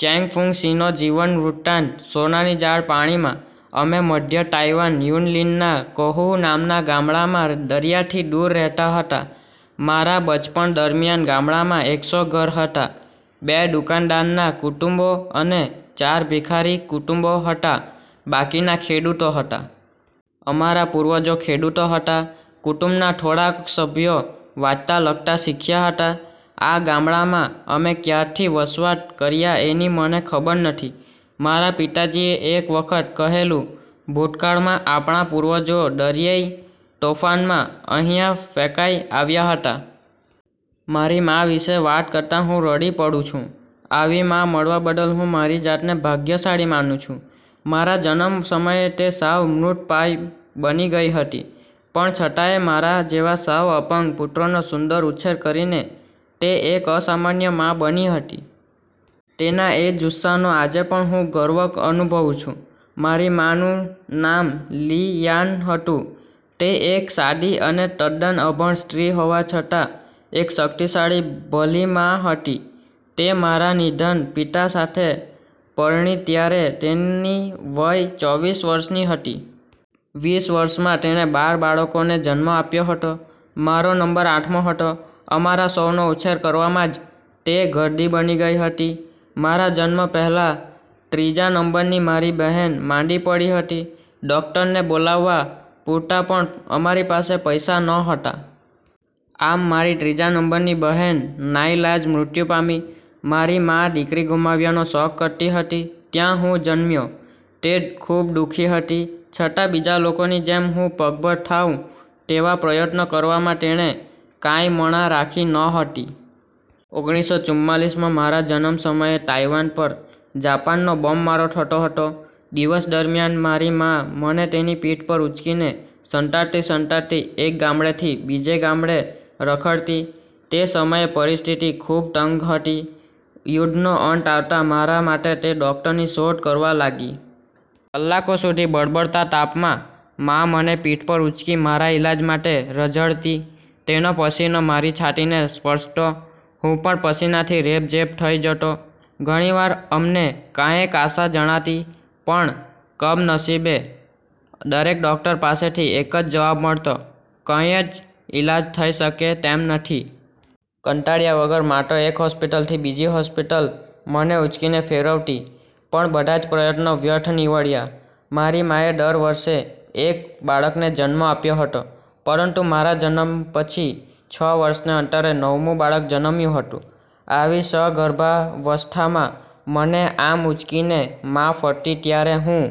ચેંગ-ફુંગ-સીનો જીવનવૃતાંત: સોનાની જાળ પાણીમાં: અમે મધ્ય તાઈવાન યુનલીનનાં કૌહુ નામના ગામડામાં દરિયાથી દૂર રહેતા હતાં. મારા બચપણ દરમિયાન ગામડામાં એકસો ઘર હતાં. બે દુકાનદારનાં કુટુંબો અને ચાર ભિખારી કુટુંબો હતાં. બાકીના ખેડૂતો હતા. અમારા પૂર્વજો ખેડૂતો હતા. કુટુંબના થોડાક સભ્યો વાંચતા લખતા શીખ્યા હતા. આ ગામડામાં અમે કયારથી વસવાટ કર્યોં એની મને ખબર નથી. મારા પિતાજીએ એક વખત કહેલું, ''ભૂતકાળમાં આપણા પૂર્વંજો દરિયાઇ તોફાનમાં અહિંયા ફેંકાઇ આવ્યા હતા.'' મારી માં વિષે વાત કરતા હું રડી પડું છું. આવી માં મળવા બદલ હું મારી જાતને ભાગ્યશાળી માનું છું. મારા જન્મ સમયે તે સાવ મૃતઃપાય બની ગઈ હતી, પણ છતાંય મારા જેવા સાવ અપંગ પુત્રનો સુંદર ઉછેર કરીને તે એક અસામાન્ય માં બની હતી. તેના એ જુસ્સાનો આજે પણ હું ગર્વ અનુભવું છું. મારી માં નું નામ લી યાન હતું. તે એક સાદી અને તદ્દન અભણ સ્ત્રી હોવા છતાં એક શક્તિશાળી ભલી માં હતી. તે મારા નિર્ધન પિતા સાથે પરણી ત્યારે તેની વય ચોવીસ વર્ષની હતી. વીસ વર્ષંમાં તેણે બાર બાળકોને જન્મ આપ્યો હતો. મારો નંબર આઠમો હતો. અમારા સૌનો ઉછેર કરવામાં જ તે ઘરડી બની ગઈ હતી. મારા જન્મ પહેલાં ત્રીજા નંબરની મારી બહેન માંદી પડી હતી. ડૉક્ટરને બોલાવવા પૂરતા પણ અમારી પાસે પૈસા ન હતા. આમ મારી ત્રીજા નંબરની બહેન નાઈલાજ મૃત્યુ પામી. મારી માં દીકરી ગુમાવ્યાનો શોક કરતી હતી ત્યાં હું જન્મ્યો. તે ખૂબ દુઃખી હતી, છતાં બીજા લોકોની જેમ હું પગભર થાઉં તેવા પ્રયત્નો કરવામાં તેણે કાંઈ મણા રાખી ન હતી. ઓગણીસો ચુમ્માંલીસમા મારા જન્મ સમયે તાઈવાન પર જાપાનનો બોમ્બમારો થતો હતો. દિવસ દરમિયાન મારી માં મને તેની પીઠ પર ઊંચકીને સંતાતી-સંતાતી એક ગામડેથી બીજે ગામડે રખડતી. તે સમયે પરિસ્થિતિ ખૂબ તંગ હતી. યુદ્ધનો અંત આવતાં મારા માટે તે ડૉક્ટરની શોધ કરવા લાગી. કલાકો સુધી બળબળતા તાપમા માં મને પીઠ પર ઊંચકી મારા ઇલાજ માટે રઝળતી. તેનો પસીનો મારી છાતીને સ્પર્શતો. હું પણ પસીનાથી રેબઝેબ થઇ જતો. ઘણીવાર અમને કાંઈક આશા જણાતી, પણ, કમનસીબે દરેક ડૉક્ટર પાસેથી એકજ જવાબ મળતો, ''કાંઈજ ઇલાજ થઈ શકે તેમ નથી.'' કંટાળ્યા વગર મા તો એક હૉસ્પિટલથી બીજી હૉસ્પિટલ મને ઊંચકીને ફેરવતી, પણ બધાજ પ્રયત્નો વ્યર્થ નિવડ્યા. મારી માએ દર વર્ષે એક બાળકને જન્મ આપ્યો હતો. પરંતુ મારા જન્મ પછી છ વર્ષને અંતરે નવમું બાળક જન્મ્યું હતું. આવી સગર્ભાવસ્થામાં મને આમ ઊંચકીને મા ફરતી ત્યારે હું